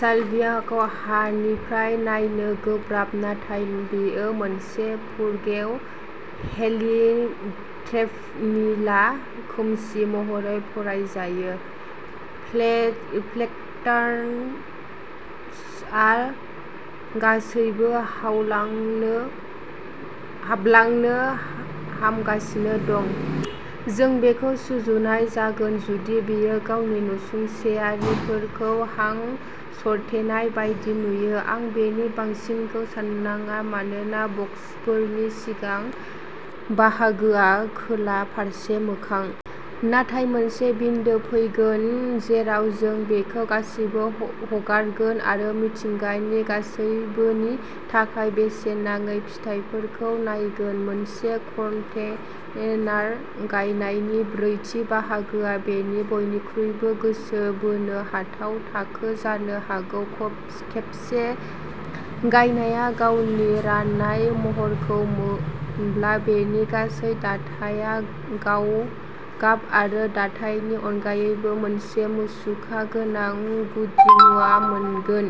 साल्वियाखौ हानिफ्राय नायनो गोब्राब नाथाय बेयो मोनसे फुरगेव हेलियट्रप निला खोमसि महरै फरायजायो। प्लेक्ट्रान्थासआ गांसोआव हाबलांनो हमगासिनो दं। जों बेखौ सुजुनाय जागोन जुदि बेयो गावनि नसुंसेयारिफोरखौ हां सरथेनाय बायदि नुयो। आं बेनि बांसिनखौ सान्नाङा मानोना बक्सफोरनि सिगां बाहागोआ खोला फारसे मोखां। नाथाय मोनसे बिन्दो फैगोन जेराव जों बेखौ गासिबो हगारगोन आरो मिथिंगानि गासैबोनि थाखाय बेसेन नाङै फिथायफोरखौ नायगोन। मोनसे कन्टेनार गायनायनि ब्रैथि बाहागोआ बेनि बयनिख्रुइबो गोसो बोनो हाथाव थाखो जानो हागौ। खेबसे गायनाया गावनि रानाय महरखौ मोनब्ला बेनि गासै दाथाया गाब आरो दाथायनि अनगायैबो मोनसे मुसुखा गोनां गुदिमुवा मोनगोन।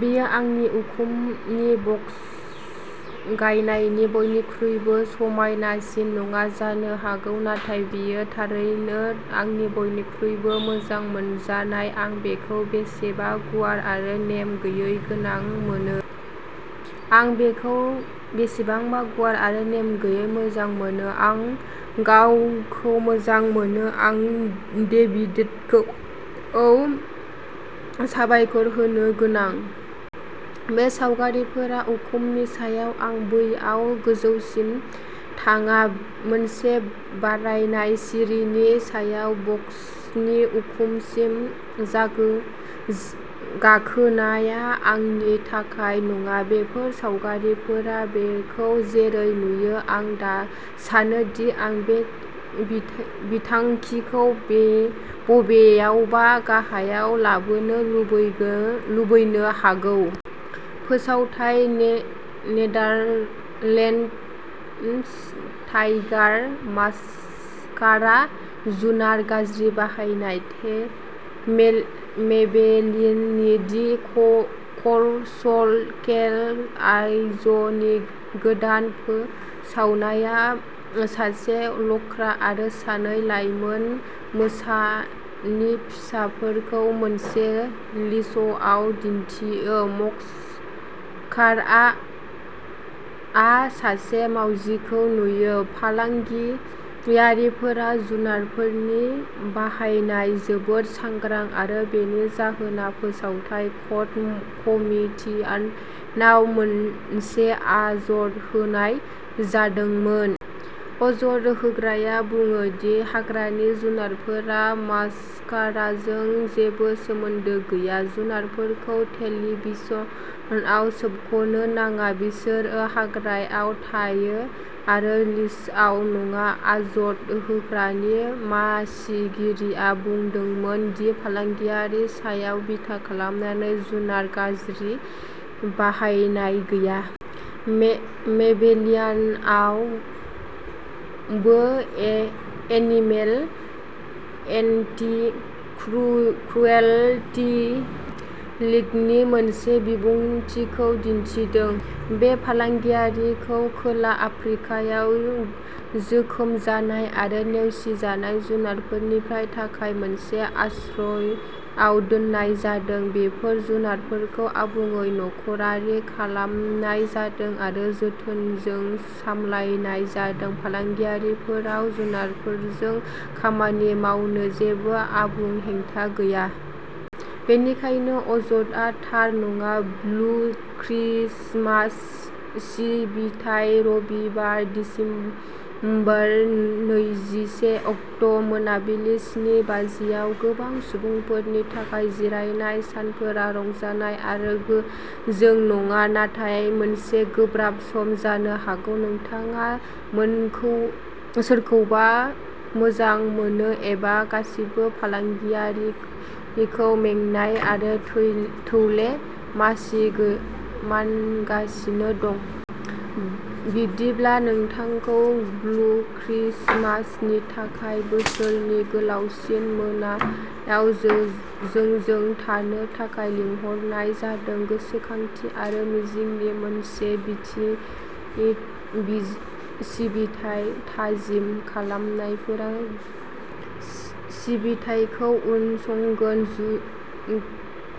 बेयो आंनि उखुमनि बक्स गायनायनि बयनिख्रुइबो समायनासिन नङा जानो हागौ नाथाय बेयो थारैनो आंनि बयनिख्रुइबो मोजां मोनजानाय। आं बेखौ बेसेबां गुरै आरो नेम गैयै मोजां मोनो। आं गाबखौ मोजां मोनो। आं डेभिडखौ साबायखर होनो गोनां। बे सावगारिफोरा उखुमनि सायाव आं बैयाव गोजौसिम थाङा। मोनसे बारायनाय सिरिनि सायाव वर्क्सनि उखुमसिम गाखोनाया आंनि थाखाय नङा। बेफोर सावगारिफोराव बेखौ जेरै नुयो आं सानो दि आं बे बिथांखिखौ बबेयावबा गाहायाव लाबोनो लुबैनो हागौ। फोसावथाय नेदारलेन्डस टाइगार मास्कारा जुनार गाज्रि बाहायनाय? मेबेलिननि ''दि कल'सल केट आइज'' नि गोदान फोसावनाया मासे लख्रा आरो सानै लाइमोन मोसानि फिसाफोरखौ मोनसे लिशआव दिन्थियो। मस्कारा आ मासे मावजिखौ नुयो। फालांगियारिफोराव जुनारफोरनि बाहायनाया जोबोद सांग्रां आरो बेनि जाहोनाव फोसावथाय कड कमितिनाव मोनसे अजद होनाय जादोंमोन। अजद होग्राया बुङो दि हाग्रानि जुनारफोरा मास्काराजों जेबो सोमोन्दो गैया। जुनारफोरखौ टेलिभिजनआव सोबख'नो नाङा बिसोरो हाग्रायाव थायो आरो लिशआव नङा। अजद होग्रानि मासिगिरिया बुंदोंमोन दि फालांगियारि सायाव बिथा खालामनानै जुनार गाज्रि बाहायनाय गैया। मेबेलिनआबो एनिमेल एन्टी क्रुएल्टी लीगनि मोनसे बिबुंथिखौ दिन्थिदों। बे फालांगियारिखौ खोला आफ्रिकायाव जोखोम जानाय आरो नेवसिजानाय जुनारफोरनि थाखाय मोनसे आश्रयआव दोननाय जादों। बेफोर जुनारफोरखौ आबुङै न'खरारि खालामनाय जादों आरो जोथोनजों सामलायनाय जादों। फालांगियारिफोराव जुनारफोरजों खामानि मावनो जेबो आबुं हेंथा गैया। बेनिखायनो अजदआ थार नङा। ब्लु क्रिसमास सिबिथाइ रबिबार, दिसेम्बर नैजिसे अक्ट' मोनाबिलि स्नि बाजिआव गोबां सुबुंफोरनि थाखाय जिरायनाय सानफोरा रंजानाय आरो गोजों नङा नाथाय मोनसे गोब्राब सम। जानो हागौ नोंथाङा सोरखौबा मोजां मोनो एबा गासिबो फालांगियारिखौ मेंनाय आरो थौले मोनगासिनो दं। बिदिब्ला नोंथांखौ ''ब्लु क्रिसमास'' नि थाखाय बोसोरनि गोलावसिन मोनायाव जोंजों थानो थाखाय लिंहरनाय जादों गोसोखांथि आरो मिजिंनि मोनसे सिबिथाइ। थाजिम खालामनायफोरा सिबिथायखौ उनसंगोन।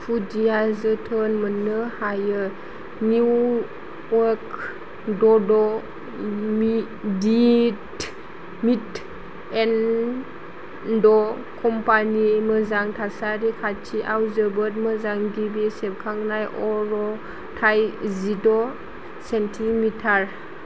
खुदिया जोथोन मोननो हायो। New York Dodd, Mead, and Company मोजां थासारि खाथियाव जोबोद मोजां। गिबि सेबखांनाय। अरथाइ जिद' सेन्टिमिटार ।